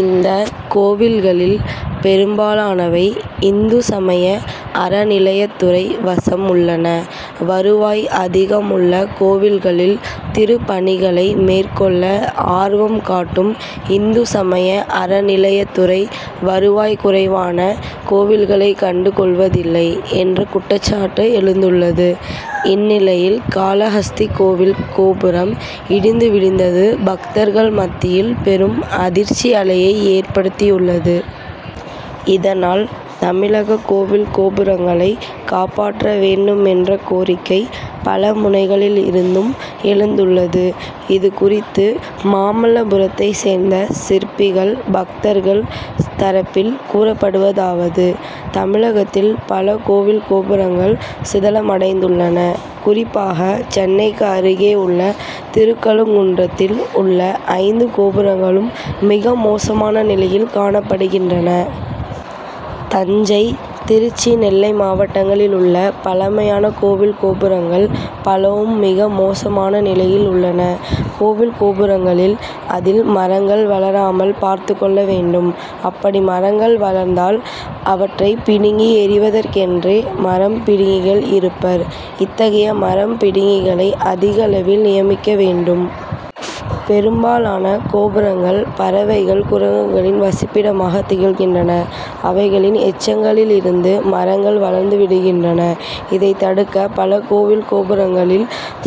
இந்த கோவில்களில் பெரும்பாலானவை இந்து சமய அறநிலையத்துறை வசம் உள்ளன. வருவாய் அதிகமுள்ள கோவில்களில் திருப்பணிகளை மேற்கொள்ள ஆர்வம் காட்டும் இந்து சமய அறநிலையத்துறை வருவாய் குறைவான கோவில்களை கண்டு கொள்வதில்லை என்ற குற்றச்சாட்டு எழுந்துள்ளது. இந்நிலையில் காளஹஸ்தி கோவில் கோபுரம் இடிந்து விழுந்தது பக்தர்கள் மத்தியில் பெரும் அதிர்ச்சி அலையை ஏற்படுத்தியுள்ளது. இதனால் தமிழக கோவில் கோபுரங்களை காப்பாற்ற வேண்டும் என்ற கோரிக்கை பல முனைகளில் இருந்தும் எழுந்துள்ளது. இது குறித்து மாமல்லபுரத்தை சேர்ந்த சிற்பிகள் பக்தர்கள் தரப்பில் கூறப்படுவதாவது: தமிழகத்தில் பல கோவில் கோபுரங்கள் சிதலமடைந்துள்ளன. குறிப்பாக சென்னைக்கு அருகே உள்ள திருக்கழுக்குன்றத்தில் உள்ள ஐந்து கோபுரங்களும் மிக மோசமான நிலையில் காணப்படுகின்றன. தஞ்சை திருச்சி நெல்லை மாவட்டங்களில் உள்ள பழமையான கோவில் கோபுரங்கள் பலவும் மிக மோசமான நிலையில் உள்ளன. கோவில் கோபுரங்களில் அதில் மரங்கள் வளராமல் பார்த்துக் கொள்ள வேண்டும். அப்படி மரங்கள் வளர்ந்தால் அவற்றை பிடுங்கி எறிவதெற்கென்றே மரம் பிடுங்கிகள்' இருப்பர். இத்தகைய மரம் பிடிங்கிகளை' அதிக அளவில் நியமிக்க வேண்டும். பெரும்பாலான கோபுரங்கள் பறவைகள் குரங்குகளின் வசிப்பிடங்களாக திகழ்கின்றன. அவைகளின் எச்சங்களில் இருந்து மரங்கள் வளர்ந்து விடுகின்றன. இதை தடுக்க பல கோவில் கோபுரங்களில்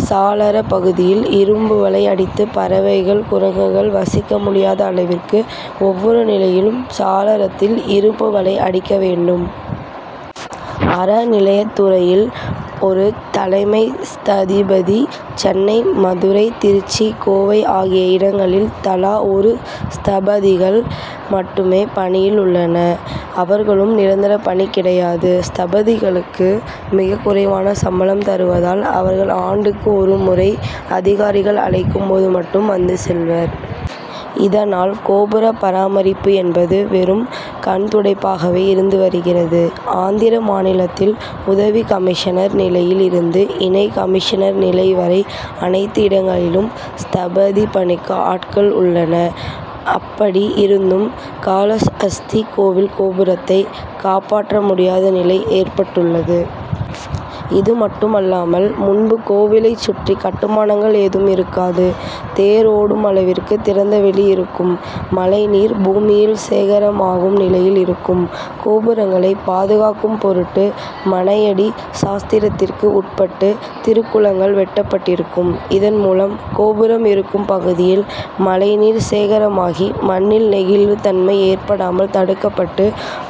சாளரப் பகுதியில் இரும்பு வலை அடித்து பறவைகள் குரங்குகள் வசிக்க முடியாத அளவிற்கு ஒவ்வொரு நிலையிலும் சாளரத்தில் இரும்பு வலை அடிக்க வேண்டும். அறநிலையத்துறையில் ஒரு தலைமை ஸ்தபதி சென்னை மதுரை திருச்சி கோவை ஆகிய இடங்களில் தலா ஒரு ஸ்தபதிகள் மட்டுமே பணியில் உள்ளனர். அவர்களுக்கும் நிரந்தர பணி கிடையாது. ஸ்தபதிகளுக்கு மிக குறைவான சம்பளம் தருவதால் அவர்கள் ஆண்டுக்கு ஒரு முறை அதிகாரிகள் அழைக்கும் போது மட்டும் வந்து செல்வர். இதனால் கோபுர பராமரிப்பு என்பது வெறும் கண்துடைப்பாகவே இருந்து வருகிறது. ஆந்திர மாநிலத்தில் உதவி கமிஷனர் நிலையில் இருந்து இணை கமிஷனர் நிலை வரை அனைத்து இடங்களிலும் ஸ்தபதி பணிக்கு ஆட்கள் உள்ளனர். அப்படி இருந்தும் காளஹஸ்தி கோவில் கோபுரத்தை காப்பாற்ற முடியாத நிலை ஏற்பட்டுள்ளது. இது மட்டுமல்லாமல் முன்பு கோவிலை சுற்றி கட்டுமானங்கள் ஏதும் இருக்காது. தேர் ஓடும் அளவிற்கு திறந்த வெளி இருக்கும். மழை நீர் பூமியில் சேகரமாகும் நிலையில் இருக்கும். கோபுரங்களை பாதுகாக்கும் பொருட்டு மனையடி சாஸ்திரத்திற்கு உட்பட்டு திருக்குளங்கள் வெட்டப்பட்டிருக்கும். இதன் மூலம் கோபுரம் இருக்கும் பகுதியில் மழை நீர் சேகரமாகி மண்ணில் நெகிழ்வு தன்மை ஏற்படாமல் தடுக்கப்பட்டு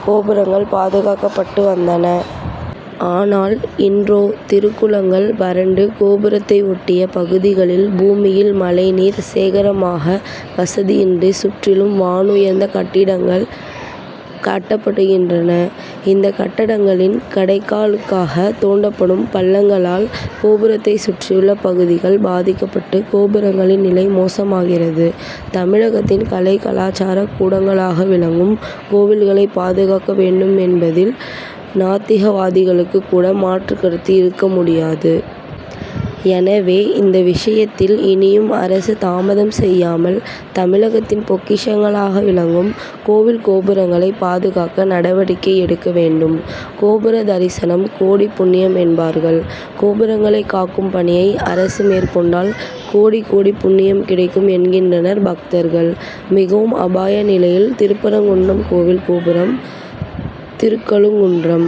கோபுரங்கள் பாதுகாக்கப்பட்டு வந்தன. ஆனால் இன்றோ திருக்குளங்கள் வறண்டு கோபுரத்தை ஒட்டிய பகுதிகளில் பூமியில் மழை நீர் சேகரமாக வசதியின்றி சுற்றிலும் வானூயர்ந்த கட்டடங்கள் கட்டப்படுகின்றன. இந்த கட்டடங்களின் கடைக்காலுக்காக தோண்டப்படும் பள்ளங்களால் கோபுரத்தை சுற்றியுள்ள பகுதிகள் பாதிக்கப்பட்டு கோபுரங்களின் நிலை மோசமாகிறது. தமிழகத்தின் கலை கலாசார கூடங்களாக விளங்கும் கோவில்களை பாதுகாக்க வேண்டும் என்பதில் நாத்திகவாதிகளுக்கு கூட மாற்று கருத்து இருக்க முடியாது. எனவே இந்த விஷயத்தில் இனியும் அரசு தாமதம் செய்யாமல் தமிழகத்தின் பொக்கிஷங்களாக விளங்கும் கோவில் கோபுரங்களை பாதுகாக்க நடவடிக்கை எடுக்க வேண்டும். கோபுர தரிசனம்; கோடி புண்ணியம்' என்பார்கள். கோபுரங்களை காக்கும் பணியை அரசு மேற்கொண்டால் கோடி கோடி புண்ணியம் கிடைக்கும் என்கின்றனர் பக்தர்கள். மிகவும் அபாய நிலையில் திருக்கழுக்குன்றம் கோவில் கோபுரம்: திருக்கழுக்குன்றம்